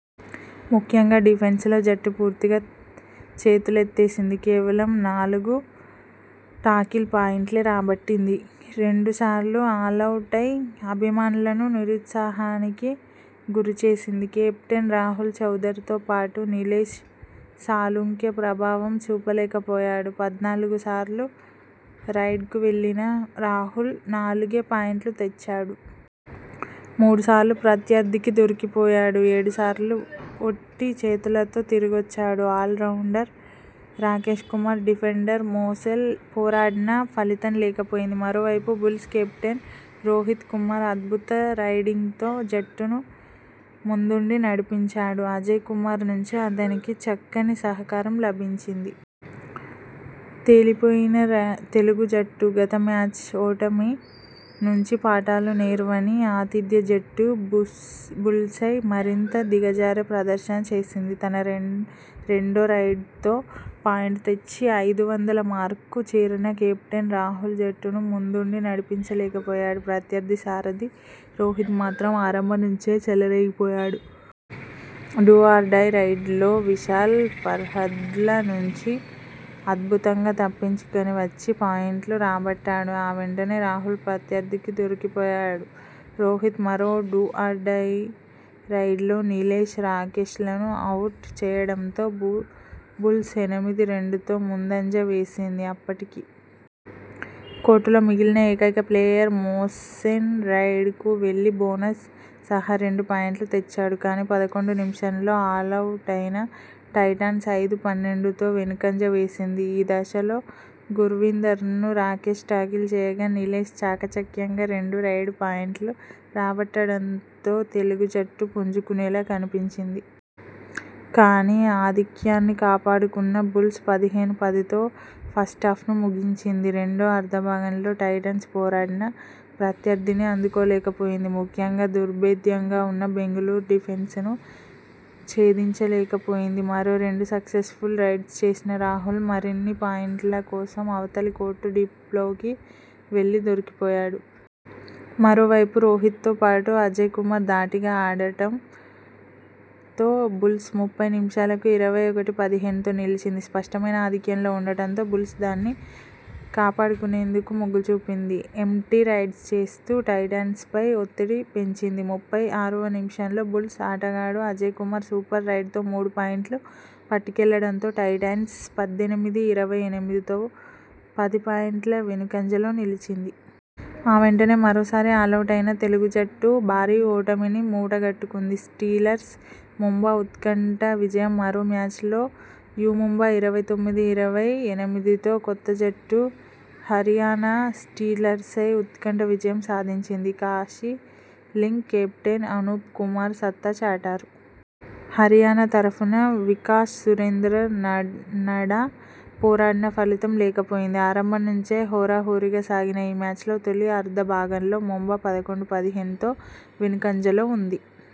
ముఖ్యంగా డిఫెన్స్లో జట్టు పూర్తిగా చేతులెత్తేసింది. కేవలం నాలు గు టాకిల్ పాయింట్లే రాబట్టింది. రెండు సార్లు ఆలౌటై అభిమానులను నిరుత్సాహానికి గురి చేసింది. కెప్టెన్ రాహుల్ చౌదరి తో పాటు నీలేష్ సాలుంకె ప్రభావం చూపలేకపోయాడు. పద్నాలుగు సార్లు రైడ్కు వెళ్లిన రాహుల్ నాలుగే పాయింట్లు తెచ్చాడు. మూడు సార్లు ప్రత్యర్థికి దొరికిపోయాడు. ఏడు సార్లు ఒట్టి చేతులతో తిరిగొచ్చాడు. Allrounder Rakesh Kumar, defender Mohsen పోరాడినా ఫలితం లేక పోయింది. మరోవైపు బుల్స్ కెప్టెన్ రోహిత్ కుమార్ అద్భుత రైడింగ్తో జట్టును ముందుండి నడిపించాడు. అజయ్ కుమార్ నుంచి అతనికి చక్కని సహకారం లభించింది. తేలిపోయిన తెలుగు జట్టు.. గత మ్యాచ్ ఓటమి నుంచి పాఠాలు నేర్వని ఆతిథ్య జట్టు. బుల్స్పై మరింత దిగజారే ప్రదర్శన చేసింది. తన రెండో రైడ్లో పాయింట్ తెచ్చి ఐదు వందల మార్కు చేరిన కెప్టెన్ రాహుల్ జట్టును ముందుండి నడిపించలేకపోయాడు. ప్రత్యర్థి సారథి రోహిత్ మాత్రం ఆరంభం నుంచే చెలరేగిపోయాడు. డూ ఆర్ డై రైడ్లో విశాల్, ఫర్హాద్ల నుంచి అద్భుతంగా తప్పించుకొని వచ్చి రెండు పాయింట్లు రాబట్టాడు. ఆ వెంటనే రాహుల్ ప్రత్యర్థికి దొరికిపోయాడు. రోహిత్ మరో డూ ఆర్ డై రైడ్లో నీలేష్, రాకేష్లను అవుట్ చేయడంతో బుల్స్ ఎనిమిది-రెండుతో ముందంజ వేసింది. అప్పటికి. కోర్టులో మిగిలిన ఏకైక ప్లేయర్ మోసెన్ రైడ్ కు వెళ్లి బోనస్ సహారెండు పాయింట్లు తెచ్చాడు. కానీ, పదకొండువ నిమిషంలో ఆలౌటైన టైటాన్స్ ఐదు-పన్నెండుతో వెనుకంజ వేసింది. ఈ దశలో గుర్వీందర్ను రాకేష్ టాకిల్ చేయగా. నీలేష్ చాకచక్యంగా రెండు రైడ్ పాయింట్లు రాబట్టడంతో తెలుగు జట్టు పుంజుకునేలా కనిపించింది. కానీ, ఆధిక్యాన్ని కాపాడుకున్న బుల్స్ పదిహేను-పదితో ఫస్టాఫ్ను ముగించింది. రెండో అర్ధభాగంలో టైటాన్స్ పోరాడినా ప్రత్యర్థిని అందుకోలేకపోయింది. ముఖ్యంగా దుర్భేద్యంగా ఉన్న బెంగళూరు డిఫెన్స్ను ఛేదించలేక పోయింది. మరో రెండు సక్సెస్ఫుల్ రైడ్స్ చేసిన రాహుల్ మరిన్ని పాయిం ట్ల కోసం అవతలి కోర్టు డీప్లోకి వెళ్లి దొరికిపోయాడు. మరోవైపు రోహిత్తో పాటు అజయ్ కుమార్ ధాటిగా ఆడడం టతో బుల్స్ ముప్పై నిమిషాలకు ఇరవై ఒకటి-పదిహేనుతో నిలిచింది. స్పష్టమైన ఆధిక్యంలో ఉండడంతో బుల్స్ దాన్ని కాపా డుకునేందుకే మొగ్గు చూపింది. ఎమ్టీ రైడ్స్ చేస్తూ టైటాన్స్పై ఒత్తిడి పెంచింది. ముప్పై ఆరువ నిమిషంలో బుల్స్ ఆటగాడు అజయ్ కుమార్ సూపర్ రైడ్తో మూడు పాయింట్లు పట్టుకెళ్లడంతో టైటాన్స్ పద్దెనిమిది-ఇరవై ఎనిమిదితో పది పాయింట్ల వెనుకంజలో నిలిచింది. ఆ వెంటనే మరోసారి ఆలౌటైన తెలుగు జట్టు భారీ ఓటమిని మూట గట్టుకుంది. స్టీలర్స్ ముంబా ఉత్కంఠ విజయం మరో మ్యాచ్లో యు ముంబా ఇరవై తొమ్మిది-ఇరవై ఎనిమిదితో కొత్త జట్టు హరియాణా స్టీలర్స్పై ఉత్కంఠ విజయం సాధించింది. కాశీలింగ్, కెప్టెన్ అనూప్ కుమార్ సత్తా చాటారు. హరియాణా తరఫున వికాష్, సురేందర్ నడా పోరాడినా ఫలితం లేకపోయింది. ఆరంభం నుంచే హోరాహోరీగా సాగిన ఈ మ్యాచ్లో తొలి అర్ధ భాగంలో ముంబా పదకొండు-పదిహేనుతో వెనుకంజలో ఉంది.